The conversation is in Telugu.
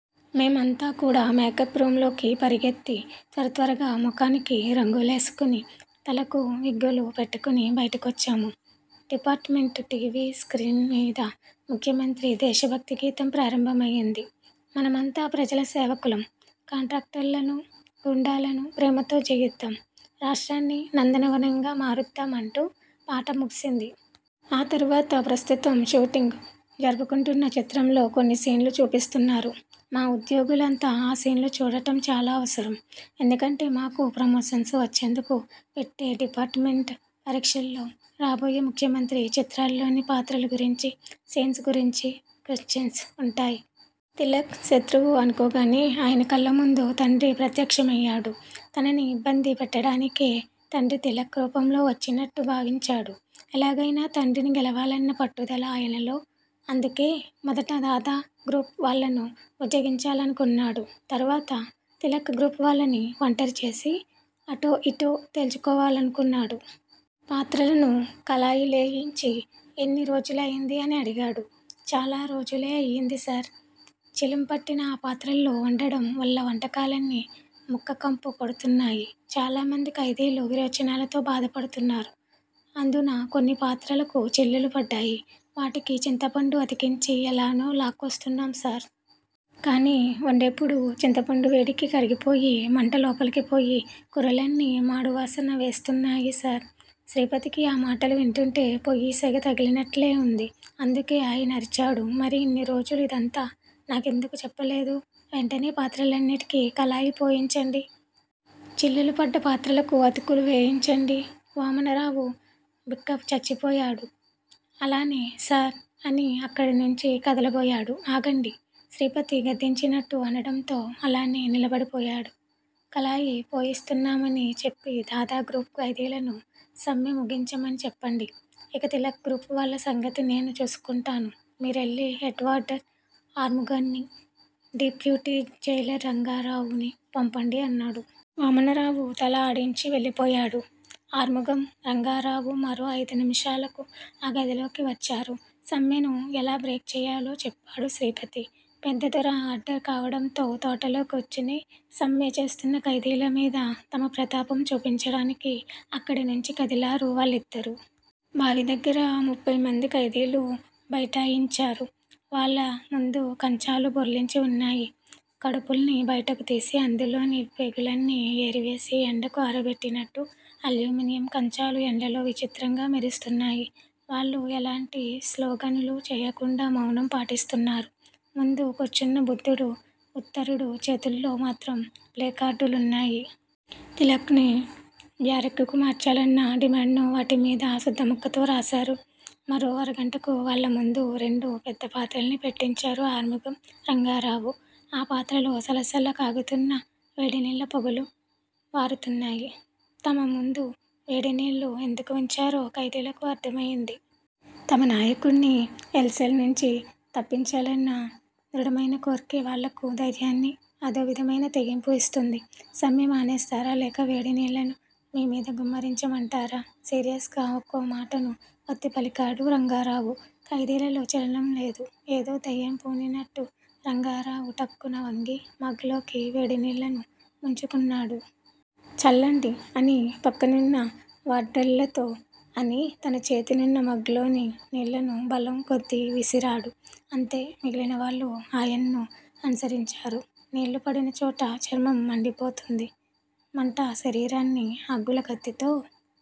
మేమంతా కూడా మేకప్ రూమ్ లోకి పరుగెత్తి త్వరత్వరగా మొఖానికి రంగులేసుకుని, తలకు విగ్గులు పెట్టుకుని బయటికొచ్చాము. డిపార్ట్ మెంట్ టీవీ స్క్రీన్ మీద ముఖ్యమంత్రి దేశ భక్తి గీతం ప్రారంభమయింది. మనమంతా ప్రజల సేవకులం కాంట్రాక్టర్లనూ, గూండాలనూ ప్రేమతో జయిద్దాం! రాష్ట్రాన్ని నందనవనంగా మారుద్దాం అంటూ పాట ముగిసింది. ఆ తరువాత ప్రస్తుతం షూటింగ్ జరుపుకుంటున్న చిత్రంలో కొన్ని సీన్లు చూపిస్తున్నారు. మా ఉద్యోగులంతా ఆ సీన్లు చూడటం చాలా అవసరం. ఎందుకంటే మాకు ప్రమోషన్స్ వచ్చేందుకు పెట్టే డిపార్ట్ మెంట్ పరీక్షల్లో రాబోయే ముఖ్యమంత్రి చిత్రాల్లోని పాత్రల గురించీ, సీన్స్ గురించీ కొశ్చెన్స్ ఉంటాయ్. తిలక్ శత్రువు అనుకోగానే ఆయన కళ్ళముందు తండ్రి ప్రత్యక్షమయ్యాడు. తనని ఇబ్బంది పెట్టడానికే తండ్రి తిలక్ రూపంలో వచ్చినట్టు భావించాడు. ఎలాగయినా తండ్రిని గెలవాలన్న పట్టుదల ఆయనలో. అందుకే మొదట దాదా గ్రూప్ వాళ్ళను బుజ్జగించాలనుకున్నాడు. తరువాత తిలక్ గ్రూప్ వాళ్ళని ఒంటరి చేసి అటో ఇటో తేల్చుకోవాలనుకున్నాడు. పాత్రలను కళాయి లేయించి ఎన్ని రోజులైంది అని అడిగాడు. చాలా రోజులే అయ్యింది సార్. చిలుంపట్టిన ఆ పాత్రల్లో వండడం వల్ల వంటకాలన్నీ ముక్క కంపు కొడుతున్నాయి. చాలామంది ఖైదీలు విరోచనాలతో బాధపడుతున్నారు. అందునా కొన్ని పాత్రలకు చిల్లులు పడ్డాయి. వాటికి చింతపండు అతికించి యెలానో లాక్కొస్తున్నాం సార్. కానీ వండేప్పుడు చింతపండు వేడికి కరిగిపోయి మంట లోపలికి పోయి కూరలన్నీ మాడు వాసన వేస్తున్నాయి సార్. శ్రీపతికి ఆ మాటలు వింటుంటే పొయ్యి సెగ తగిలినట్లే వుంది. అందుకే ఆయన అరిచాడు మరి ఇన్ని రోజులు ఇదంతా నాకెందుకు చెప్పలేదు. వెంటనే పాత్రలన్నిటికీ కళాయి పోయించండి. చిల్లులు పడ్డ పాత్రలకు అతుకులు వేయించండి వామనరావు బిక్కచచ్చిపోయాడు. అలానే సార్ అని అక్కడినుంచి కదలబోయాడు. ఆగండి శ్రీపతి గద్దించినట్టు అనడంతో అలానే నిలబడిపోయాడు. కళాయి పోయిస్తున్నామని చెప్పి దాదా గ్రూప్ ఖైదీలను సమ్మె ముగించమని చెప్పండి. ఇక తిలక్ గ్రూప్ వాళ్ళ సంగతి నేను చూసుకుంటాను మీరెళ్ళి హెడ్ వార్డర్ ఆర్ముగాన్ని, డిప్యూటి జైలర్ రంగారావునీ పంపండి అన్నాడు. వామనరావు తల ఆడించి వెళ్ళిపోయాడు. ఆర్ముగం, రంగారావు మరో అయిదు నిముషాలకు ఆ గదిలోకి వచ్చారు. సమ్మెను ఎలా బ్రేక్ చేయాలో చెప్పాడు శ్రీపతి. పెద్ద దొర ఆర్డర్ కావడంతో తోటలో కూర్చుని సమ్మె చేస్తున్న ఖైదీల మీద తమ ప్రతాపం చూపించడానికి అక్కడి నుంచి కదిలారు వాళ్ళిద్దరూ. బావి దగ్గర ముప్ఫై మంది ఖైదీలు బైఠాయించారు. వాళ్ళ ముందు కంచాలు బోర్లించి వున్నాయి. కడుపుల్ని బయటకు తీసి అందులోని పేగులన్నీ ఏరివేసి ఎండకు ఆరబెట్టినట్టు? అల్యూమినియం కంచాలు ఎండలో విచిత్రంగా మెరుస్తున్నాయి. వాళ్ళు ఎలాంటి స్లోగన్లు చేయకుండా మౌనం పాటిస్తున్నారు. ముందు కూర్చున్న బుద్ధుడు, ఉత్తరుడు చేతుల్లో మాత్రం ప్లేకార్డులున్నాయి. తిలక్ ని బ్యారెక్కుకు మార్చాలన్న డిమాండ్ ను వాటిమీద సుద్ద ముక్కతో రాసారు. మరో అరగంటకు వాళ్ళముందు రెండు పెద్ద పాత్రల్ని పెట్టించారు ఆర్ముగం, రంగారావు. ఆ పాత్రలో సలసల కాగుతున్న వేడినీళ్ళ పొగలు వారుతున్నాయి. తమ ముందు వేడినీళ్ళు ఎందుకు వుంచారో ఖైదీలకు అర్థమైంది. తమ నాయకుడ్ని ఎల్ సెల్ నుంచి తప్పించాలన్న దృఢమైన కోర్కె వాళ్ళకు ధైర్యాన్ని, అదో విధమైన తెగింపు ఇస్తోంది. సమ్మె మానేస్తారా లేక వేడి నీళ్ళను మీ మీద గుమ్మరించమంటారా? సీరియస్ గా ఒక్కో మాటను వత్తి పలికాడు రంగారావు. ఖైదీలలో చలనం లేదు. ఏదో దెయ్యం పూనినట్టు రంగారావు ఠక్కున వంగి మగ్ లోకి వేడి నీళ్ళను ముంచుకున్నాడు. చల్లండి అని పక్కనున్న వార్డర్లతో అని తన చేతినున్న మగ్ లోని నీళ్ళను బలం కొద్దీ విసిరాడు. అంతే మిగిలిన వాళ్ళూ ఆయన్ను అనుసరించారు. నీళ్ళు పడిన చోట చర్మం మండిపోతోంది. మంట శరీరాన్ని అగ్గుల కత్తితో